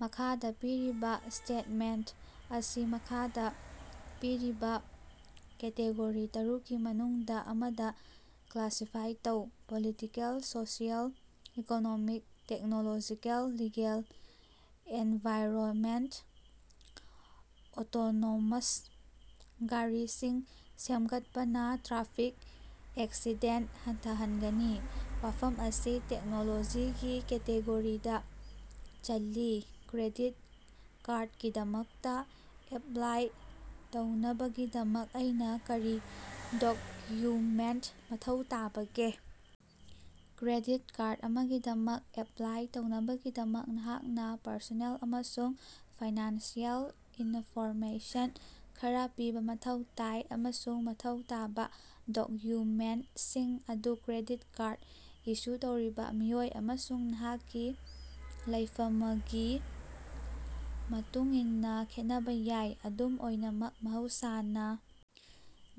ꯃꯈꯥꯗ ꯄꯤꯔꯤꯕ ꯁ꯭ꯇꯦꯇꯃꯦꯟꯇ ꯑꯁꯤ ꯃꯈꯥꯗ ꯄꯤꯔꯤꯕ ꯀꯦꯇꯦꯒꯣꯔꯤ ꯇꯔꯨꯛꯀꯤ ꯃꯅꯨꯡꯗꯥ ꯑꯃꯗ ꯀ꯭ꯂꯥꯁꯤꯐꯥꯏ ꯇꯧ: political, social, economic, technological, legal, environment. Autonomous ꯒꯥꯔꯤꯁꯤꯡ ꯁꯦꯝꯒꯠꯄꯅꯥ ꯇ꯭ꯔꯥꯐꯤꯛ ꯑꯦꯛꯁꯤꯗꯦꯟꯇ ꯍꯟꯊꯍꯟꯒꯅꯤ꯫ ꯋꯥꯐꯝ ꯑꯁꯤ ꯇꯦꯛꯅꯣꯂꯣꯖꯤꯒꯤ ꯀꯦꯇꯦꯒꯣꯔꯤꯗꯥ ꯆꯜꯂꯤ꯫ ꯀ꯭ꯔꯦꯗꯤꯠ ꯀꯥꯔꯗꯀꯤꯗꯃꯛꯇꯥ ꯑꯦꯄꯂꯥꯏ ꯇꯧꯅꯕꯒꯤꯗꯃꯛ ꯑꯩꯅꯥ ꯀꯔꯤ ꯗꯣꯛꯌꯨꯃꯦꯟꯇ ꯃꯊꯧ ꯇꯥꯕꯒꯦ? ꯀ꯭ꯔꯦꯗꯤꯠ ꯀꯥꯔꯗ ꯑꯃꯒꯤꯗꯃꯛ ꯑꯦꯞꯂꯥꯏ ꯇꯧꯅꯕꯒꯤꯗꯃꯛ, ꯅꯍꯥꯛꯅꯥ ꯄꯔꯁꯣꯅꯦꯜ ꯑꯃꯁꯨꯡ ꯐꯥꯏꯅꯥꯟꯁꯤꯑꯦꯜ ꯏꯅꯐꯣꯔꯃꯦꯁꯟ ꯈꯔꯥ ꯄꯤꯕꯥ ꯃꯊꯧ ꯇꯥꯏ, ꯑꯃꯁꯨꯡ ꯃꯊꯧ ꯇꯥꯕꯥ ꯗꯣꯛꯌꯨꯃꯦꯟꯇꯁꯤꯡ ꯑꯗꯨ ꯀ꯭ꯔꯦꯗꯤꯠ ꯀꯥꯔꯗ ꯏꯁꯨ ꯇꯧꯔꯤꯕꯥ ꯃꯤꯑꯣꯏ ꯑꯃꯁꯨꯡ ꯅꯍꯥꯛꯀꯤ ꯂꯩꯐꯃꯒꯤ ꯃꯇꯨꯡꯏꯟꯅꯥ ꯈꯦꯠꯅꯕꯥ ꯌꯥꯏ꯫ ꯑꯗꯨꯝ ꯑꯣꯏꯅꯃꯛ, ꯃꯍꯧꯁꯥꯅꯥ,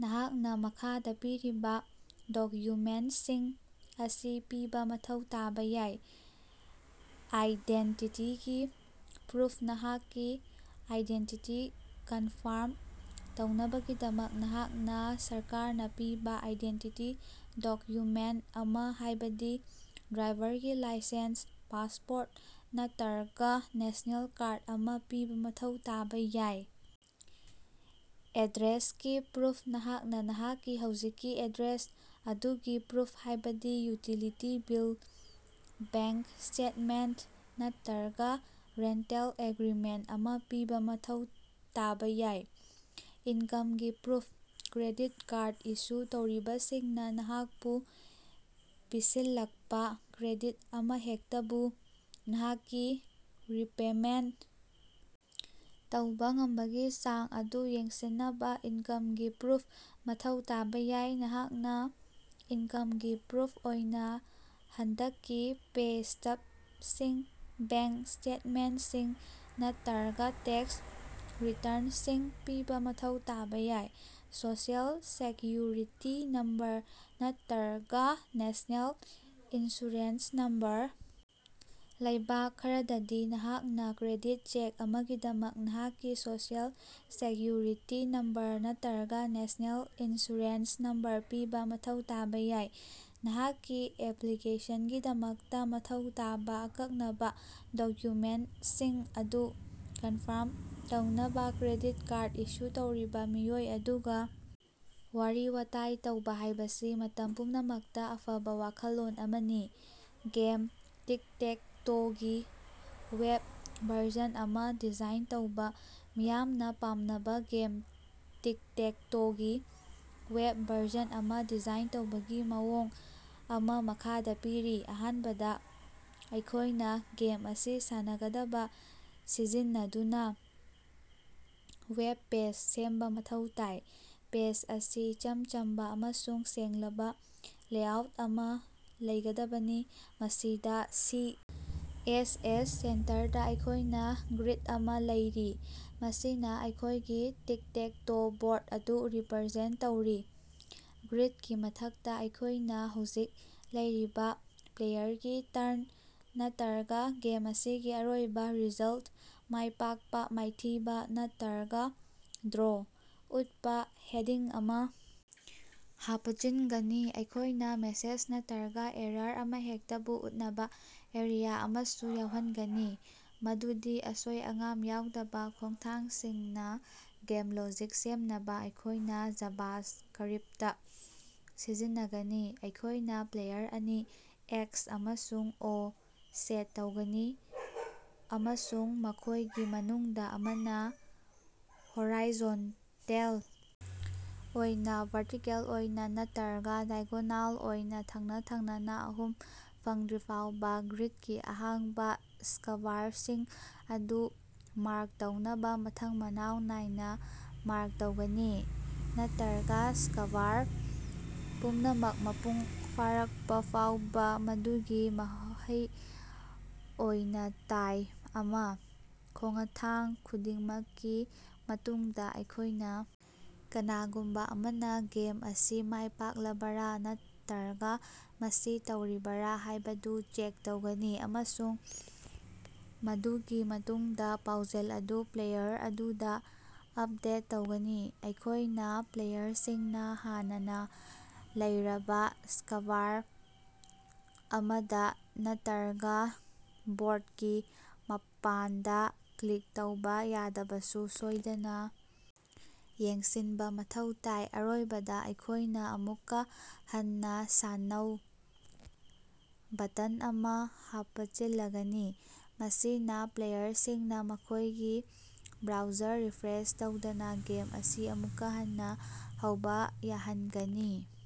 ꯅꯍꯥꯛꯅꯥ ꯃꯈꯥꯗꯥ ꯄꯤꯔꯤꯕꯥ ꯗꯣꯛꯌꯨꯃꯦꯟꯇꯁꯤꯡ ꯑꯁꯤ ꯄꯤꯕꯥ ꯃꯊꯧ ꯇꯥꯕꯥ ꯌꯥꯏ: ꯑꯥꯏꯗꯦꯟꯇꯤꯇꯤꯒꯤ ꯄ꯭ꯔꯨꯐ ꯅꯍꯥꯛꯀꯤ ꯑꯥꯏꯗꯦꯟꯇꯤꯇꯤ ꯀꯟꯐꯥꯔꯝ ꯇꯧꯅꯕꯒꯤꯗꯃꯛ ꯅꯍꯥꯛꯅꯥ ꯁꯔꯀꯥꯔꯅꯥ ꯄꯤꯕꯥ ꯑꯥꯏꯗꯦꯟꯇꯤꯇꯤ ꯗꯣꯛꯌꯨꯃꯦꯟꯇ ꯑꯃ, ꯍꯥꯏꯕꯗꯤ ꯗ꯭ꯔꯥꯏꯚꯔꯒꯤ ꯂꯥꯏꯁꯦꯟꯁ, ꯄꯥꯁꯄꯣꯔꯠ ꯅꯠꯇꯔꯒꯥ ꯅꯦꯁꯅꯦꯜ ꯀꯥꯔꯗ ꯑꯃꯥ ꯄꯤꯕꯥ ꯃꯊꯧ ꯇꯥꯕꯥ ꯌꯥꯏ꯫ ꯑꯦꯗ꯭ꯔꯦꯁꯀꯤ ꯄ꯭ꯔꯨꯐ ꯅꯍꯥꯛꯅꯥ ꯅꯍꯥꯛꯀꯤ ꯍꯧꯖꯤꯛꯀꯤ ꯑꯦꯗ꯭ꯔꯦꯁ ꯑꯗꯨꯒꯤ ꯄ꯭ꯔꯨꯐ, ꯍꯥꯏꯕꯗꯤ ꯌꯨꯇꯤꯂꯤꯇꯤ ꯕꯤꯜ, ꯕꯦꯡꯀ ꯁ꯭ꯇꯦꯇꯃꯦꯟꯇ, ꯅꯠꯇꯔꯒꯥ ꯔꯦꯟꯇꯦꯜ ꯑꯦꯒ꯭ꯔꯤꯃꯦꯟꯇ ꯑꯃꯥ ꯄꯤꯕꯥ ꯃꯊꯧ ꯇꯥꯕꯥ ꯌꯥꯏ꯫ ꯏꯟꯀꯝꯒꯤ ꯄ꯭ꯔꯨꯐ: ꯀ꯭ꯔꯦꯗꯤꯠ ꯀꯥꯔꯗ ꯏꯁꯨ ꯇꯧꯔꯤꯕꯁꯤꯡꯅꯥ ꯅꯍꯥꯛꯄꯨ ꯄꯤꯁꯤꯜꯂꯛꯄꯥ ꯀ꯭ꯔꯦꯗꯤꯠ ꯑꯃꯍꯦꯛꯇꯕꯨ ꯅꯍꯥꯛꯀꯤ ꯔꯤꯄꯦꯃꯦꯟꯇ ꯇꯧꯕꯥ ꯉꯝꯕꯒꯤ ꯆꯥꯡ ꯑꯗꯨ ꯌꯦꯡꯁꯤꯟꯅꯕꯥ ꯏꯟꯀꯝꯒꯤ ꯄ꯭ꯔꯨꯐ ꯃꯊꯧ ꯇꯥꯕꯥ ꯌꯥꯏ꯫ ꯅꯍꯥꯛꯅꯥ ꯏꯟꯀꯝꯒꯤ ꯄ꯭ꯔꯨꯐ ꯑꯣꯏꯅꯥ ꯍꯟꯗꯛꯀꯤ ꯄꯦ ꯁ꯭ꯇꯕꯁꯤꯡ, ꯕꯦꯡꯀ ꯁ꯭ꯇꯦꯇꯃꯦꯟꯇꯁꯤꯡ ꯅꯠꯇꯔꯒꯥ ꯇꯦꯛꯁ ꯔꯤꯇꯔꯟꯁꯤꯡ ꯄꯤꯕ ꯃꯊꯧ ꯇꯥꯕꯥ ꯌꯥꯏ꯫ ꯁꯣꯁꯤꯑꯦꯜ ꯁꯦꯛꯌꯨꯔꯤꯇꯤ ꯅꯝꯕꯔ ꯅꯠꯇꯔꯒꯥ ꯅꯦꯁꯅꯦꯜ ꯏꯟꯁꯨꯔꯦꯟꯁ ꯅꯝꯕꯔ ꯂꯩꯕꯥꯛ ꯈꯔꯗꯗꯤ, ꯅꯍꯥꯛꯅꯥ ꯀ꯭ꯔꯦꯗꯤꯠ ꯆꯦꯛ ꯑꯃꯒꯤꯗꯃꯛ ꯅꯍꯥꯛꯀꯤ ꯁꯣꯁꯤꯑꯦꯜ ꯁꯦꯛꯌꯨꯔꯤꯇꯤ ꯅꯝꯕꯔ ꯅꯠꯇꯔꯒꯥ ꯅꯦꯁꯅꯦꯜ ꯏꯟꯁꯨꯔꯦꯟꯁ ꯅꯝꯕꯔ ꯄꯤꯕꯥ ꯃꯊꯧ ꯇꯥꯕꯥ ꯌꯥꯏ꯫ ꯅꯍꯥꯛꯀꯤ ꯑꯦꯄꯂꯤꯀꯦꯁꯟꯒꯤꯗꯃꯛꯇꯥ ꯃꯊꯧ ꯇꯥꯕꯥ ꯑꯀꯛꯅꯕꯥ ꯗꯣꯛꯌꯨꯃꯦꯟꯇꯁꯤꯡ ꯑꯗꯨ ꯀꯟꯐꯥꯔꯝ ꯇꯧꯅꯕꯥ ꯀ꯭ꯔꯦꯗꯤꯠ ꯀꯥꯔꯗ ꯏꯁꯨ ꯇꯧꯔꯤꯕꯥ ꯃꯤꯑꯣꯏ ꯑꯗꯨꯒꯥ ꯋꯥꯔꯤ-ꯋꯥꯇꯥꯏ ꯇꯧꯕꯥ ꯍꯥꯏꯕꯁꯤ ꯃꯇꯝ ꯄꯨꯝꯅꯃꯛꯇꯥ ꯑꯐꯕꯥ ꯋꯥꯈꯜꯂꯣꯟ ꯑꯃꯅꯤ꯫ ꯒꯦꯝ ꯇꯤꯛ-ꯇꯦꯛ-ꯇꯣꯒꯤ ꯋꯦꯕ ꯚꯔꯖꯟ ꯑꯃꯥ ꯗꯤꯖꯥꯏꯟ ꯇꯧꯕꯥ꯫ ꯃꯤꯌꯥꯝꯅ ꯄꯥꯝꯅꯕ ꯒꯦꯝ ꯇꯤꯛ-ꯇꯦꯛ-ꯇꯣꯒꯤ ꯋꯦꯕ ꯚꯔꯖꯟ ꯑꯃꯥ ꯗꯤꯖꯥꯏꯟ ꯇꯧꯕꯒꯤ ꯃꯑꯣꯡ ꯑꯃꯥ ꯃꯈꯥꯗꯥ ꯄꯤꯔꯤ: ꯑꯍꯥꯟꯕꯗ, ꯑꯩꯈꯣꯏꯅ ꯒꯦꯝ ꯑꯁꯤ ꯁꯥꯟꯅꯒꯗꯕ ꯁꯤꯖꯤꯟꯅꯗꯨꯅꯥ ꯋꯦꯕ ꯄꯦꯖ ꯁꯦꯝꯕꯥ ꯃꯊꯧ ꯇꯥꯏ꯫ ꯄꯦꯖ ꯑꯁꯤ ꯏꯆꯝ ꯆꯝꯕꯥ ꯑꯃꯁꯨꯡ ꯁꯦꯡꯂꯕꯥ ꯂꯦꯑꯥꯎꯠ ꯑꯃ ꯂꯩꯒꯗꯕꯅꯤ, ꯃꯁꯤꯗꯥ ꯁꯤ. ꯑꯦꯁ. ꯑꯦꯁ. ꯁꯦꯟꯇꯔꯗꯥ ꯑꯩꯈꯣꯏꯅ ꯒ꯭ꯔꯤꯗ ꯑꯃꯥ ꯂꯩꯔꯤ, ꯃꯁꯤꯅꯥ ꯑꯩꯈꯣꯏꯒꯤ ꯇꯤꯛ-ꯇꯦꯛ-ꯇꯣ ꯕꯣꯔꯗ ꯑꯗꯨ ꯔꯤꯄꯔꯖꯦꯟꯇ ꯇꯧꯔꯤ꯫ ꯒ꯭ꯔꯤꯗꯀꯤ ꯃꯊꯛꯇꯥ, ꯑꯩꯈꯣꯏꯅ ꯍꯧꯖꯤꯛ ꯂꯩꯔꯤꯕꯥ ꯄ꯭ꯂꯦꯌꯔꯒꯤ ꯇꯔꯟ ꯅꯠꯇꯔꯒꯥ ꯒꯦꯝ ꯑꯁꯤꯒꯤ ꯑꯔꯣꯏꯕꯥ ꯔꯤꯖꯜꯇ (ꯃꯥꯏꯄꯥꯛꯄꯥ, ꯃꯥꯏꯊꯤꯕꯥ ꯅꯠꯔꯒꯥ ꯗ꯭ꯔꯣ) ꯎꯠꯄꯥ ꯍꯦꯗꯤꯡ ꯑꯃꯥ ꯍꯥꯄꯆꯤꯟꯒꯅꯤ꯫ ꯑꯩꯈꯣꯏꯅ ꯃꯦꯁꯦꯖ ꯅꯠꯔꯒꯥ ꯑꯦꯔꯥꯔ ꯑꯃꯍꯦꯛꯇꯕꯨ ꯎꯠꯅꯕꯥ ꯑꯦꯔꯤꯌꯥ ꯑꯃꯁꯨ ꯌꯥꯎꯍꯟꯒꯅꯤ, ꯃꯗꯨꯗꯤ ꯑꯁꯣꯏ-ꯑꯉꯥꯝ ꯌꯥꯎꯗꯕꯥ ꯈꯣꯡꯊꯥꯡꯁꯤꯡꯅꯤ꯫ ꯒꯦꯝ ꯂꯣꯖꯤꯛ ꯁꯦꯝꯅꯕꯥ ꯑꯩꯈꯣꯏꯅ ꯖꯥꯚꯥꯁꯀꯔꯤꯞꯇ ꯁꯤꯖꯤꯟꯅꯒꯅꯤ꯫ ꯑꯩꯈꯣꯏꯅ ꯄ꯭ꯂꯦꯌꯔ ꯑꯅꯤ, "ꯑꯦꯛꯁ" ꯑꯃꯁꯨꯡ "ꯑꯣ" ꯁꯦꯠ ꯇꯧꯒꯅꯤ, ꯑꯃꯁꯨꯡ ꯃꯈꯣꯏꯒꯤ ꯃꯅꯨꯡꯗꯥ ꯑꯃꯅꯥ ꯍꯣꯔꯥꯏꯖꯣꯟꯇꯦꯜ ꯑꯣꯏꯅꯥ, ꯚꯔꯇꯤꯀꯦꯜ ꯑꯣꯏꯅꯥ ꯅꯠꯇꯔꯒꯥ ꯗꯥꯏꯒꯣꯅꯥꯜ ꯑꯣꯏꯅꯥ ꯊꯪꯟ-ꯊꯪꯅꯅꯥ ꯑꯍꯨꯝ ꯐꯪꯗ꯭ꯔꯤꯐꯥꯎꯕ ꯒ꯭ꯔꯤꯗꯀꯤ ꯑꯍꯥꯡꯕꯥ ꯁ꯭ꯀꯕꯥꯔꯁꯤꯡ ꯑꯗꯨ ꯃꯥꯔꯛ ꯇꯧꯅꯕ ꯃꯊꯪ-ꯃꯅꯥꯎ ꯅꯥꯏꯅꯥ ꯃꯥꯔꯛ ꯇꯧꯒꯅꯤ, ꯅꯠꯇꯔꯒꯥ ꯁ꯭ꯀꯕꯥꯔ ꯄꯨꯝꯅꯃꯛ ꯃꯄꯨꯡ ꯐꯥꯔꯛꯄꯥ ꯐꯥꯎꯕꯥ, ꯃꯗꯨꯒꯤ ꯃꯍꯩ ꯑꯣꯏꯅꯥꯇꯥꯏ ꯑꯃꯥ꯫ ꯈꯣꯉꯊꯥꯡ ꯈꯨꯗꯤꯡꯃꯛꯀꯤ ꯃꯇꯨꯡꯗꯥ ꯑꯩꯈꯣꯏꯅ ꯀꯅꯥꯒꯨꯝꯕꯥ ꯑꯃꯅꯥ ꯒꯦꯝ ꯑꯁꯤ ꯃꯥꯏꯄꯥꯛꯂꯕꯔꯥ ꯅꯠꯇꯔꯒꯥ ꯃꯁꯤ ꯇꯩꯔꯤꯕꯔꯥ ꯍꯥꯏꯕꯗꯨ ꯆꯦꯛ ꯇꯧꯒꯅꯤ, ꯑꯃꯁꯨꯡ ꯃꯗꯨꯒꯤ ꯃꯇꯨꯡꯗꯥ ꯄꯥꯎꯖꯦꯜ ꯑꯗꯨ ꯄ꯭ꯂꯦꯌꯔ ꯑꯗꯨꯗꯥ ꯑꯄꯗꯦꯠ ꯇꯧꯒꯅꯤ꯫ ꯑꯩꯈꯣꯏꯅ ꯄ꯭ꯂꯦꯌꯔꯁꯤꯡꯅꯥ ꯍꯥꯟꯅꯅꯥ ꯂꯩꯔꯕꯥ ꯁ꯭ꯀꯕꯥꯔ ꯑꯃꯗꯥ ꯅꯠꯇꯔꯒꯥ ꯕꯣꯔꯗꯀꯤ ꯃꯄꯥꯟꯗꯥ ꯀ꯭ꯂꯤꯛ ꯇꯧꯕꯥ ꯌꯥꯗꯕꯁꯨ ꯁꯣꯏꯗꯅꯥ ꯌꯦꯡꯁꯤꯟꯕꯥ ꯃꯊꯧ ꯇꯥꯏ꯫ ꯑꯔꯣꯏꯕꯗꯥ, ꯑꯩꯈꯣꯏꯅ "ꯑꯃꯨꯛꯀꯥ ꯍꯟꯅꯥ ꯁꯥꯟꯅꯧ" ꯕꯇꯟ ꯑꯃꯥ ꯍꯥꯄꯆꯤꯜꯂꯒꯅꯤ, ꯃꯁꯤꯅꯥ ꯄ꯭ꯂꯦꯌꯔꯁꯤꯡꯅꯥ ꯃꯈꯣꯏꯒꯤ ꯕ꯭ꯔꯥꯎꯖꯔ ꯔꯤꯐ꯭ꯔꯦꯁ ꯇꯧꯗꯅꯥ ꯒꯦꯝ ꯑꯁꯤ ꯑꯃꯨꯛ ꯍꯟꯅꯥ ꯍꯧꯕꯥ ꯌꯥꯍꯟꯒꯅꯤ꯫